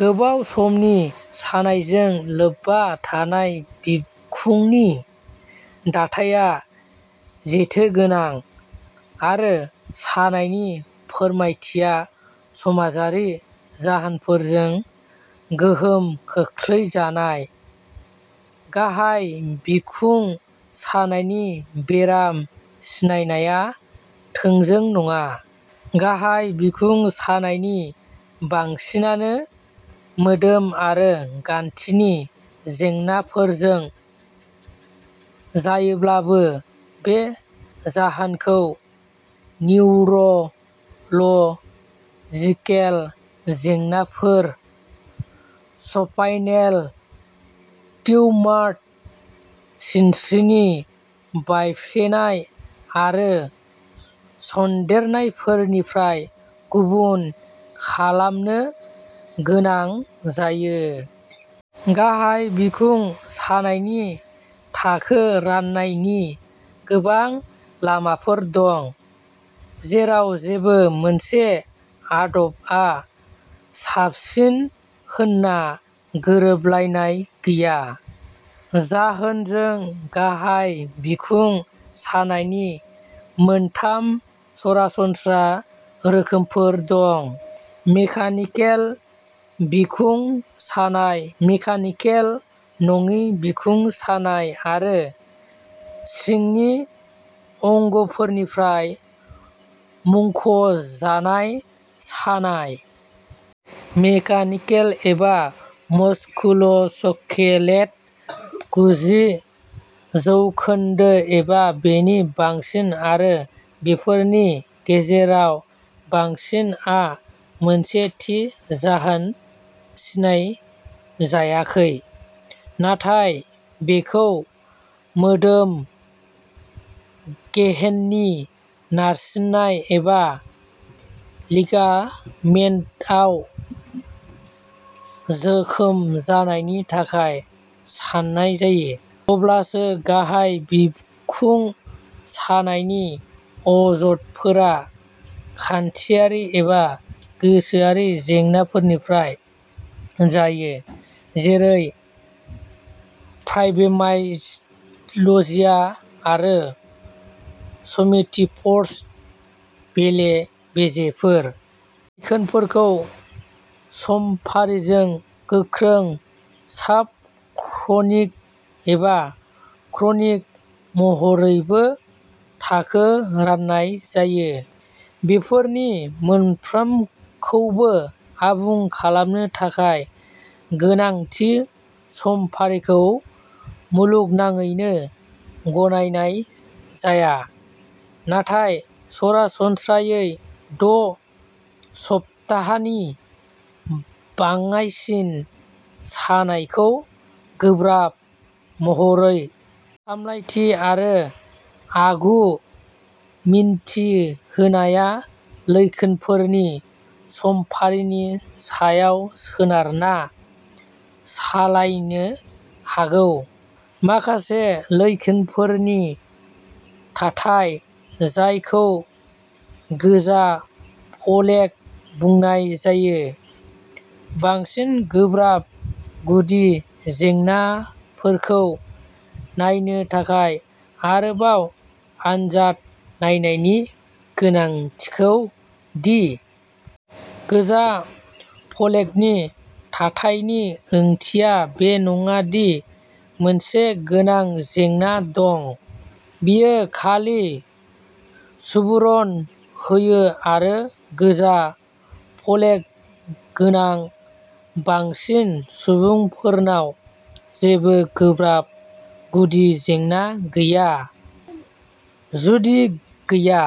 गोबाव समनि सानायजों लोब्बा थानाय बिखुंनि दाथाया जेथोगोनां आरो सानायनि फोरमायथिया समाजारि जाहोनफोरजों गोहोम खोख्लैजानाय, गाहाय बिखुं सानायनि बेराम सिनायनाया थोंजों नङा। गाहाय बिखुं सानायनि बांसिनानो मोदोम आरो गान्थिनि जेंनाफोरजों जायोब्लाबो बे जाहोनखौ निउर'ल'जिकेल जेंनाफोर, सफाइनेल टिउमार, सिनस्रिनि बायफ्लेनाय आरो सन्देरनायफोरनिफ्राय गुबुन खालामनो गोनां जायो। गाहाय बिखुं सानायनि थाखो राननायनि गोबां लामाफोर दं, जेराव जेबो मोनसे आदबआ साबसिन होनना गोरोबलायनाय गैया। जाहोनजों गाहाय बिखुं सानायनि मोनथाम सरासनस्रा रोखोमफोर दं। मेकानिकेल बिखुं सानाय, मेकानिकेल नङि बिखुं सानाय, आरो सिंनि अंगफोरनिफ्राय मुंख'जानाय सानाय। मेकानिकेल एबा मस्कुलस्केलेट गुजि जौखोन्दो एबा बेनि बांसिन, आरो बेफोरनि गेजेराव बांसिन आ मोनसे थि जाहोन सिनायजायाखै, नाथाय बेखौ मोदोम गेहेननि नारसिननाय एबा लिगामेन्टआव जोखोम जानायनि थाखाय साननाय जायो। माब्लाबासो गाहाय बिखुं सानायनि अजदफोरा खान्थियारि एबा गोसोआरि जेंनाफोरनिफ्राय जायो, जेरै फाइब्रोमाइल्जिया आरो स'मेटोफर्म बेले-बेजेफोर। खोनफोरखौ समफारिजों गोख्रों, साब-क्रनिक एबा क्रनिक महरैबो थाखो राननाय जायो। बेफोरनि मोनफ्रोमखौबो आबुं खालामनो थाखाय गोनां थि समफारिखौ मुलुगनाङैनो गनायनाय जाया, नाथाय सरासनस्रायै द' सप्ताहनि बाङाइसिन सानायखौ गोब्राब महरै सामलायथि आरो आगु मिन्थि होनाया लैखोनफोरनि समफारिनि सायाव सोनारना सालायनो हागौ। माखासे लैखोनफोरनि थाथाय, जायखौ गोजा फ्लेग बुंनाय जायो, बांसिन गोब्राब गुदि जेंनाफोरखौ नायनो थाखाय आरोबाव आनजाद नायनायनि गोनांथिखौ दि गोजा फलेगनि थाथायनि ओंथिया बे नङा दि मोनसे गोनां जेंना दं। बेयो खालि सुबुरुन होयो, आरो गोजा फलेग गोनां बांसिन सुबुंफोरनाव जेबो गोब्राब गुदि जेंना गैया। जुदि गैया।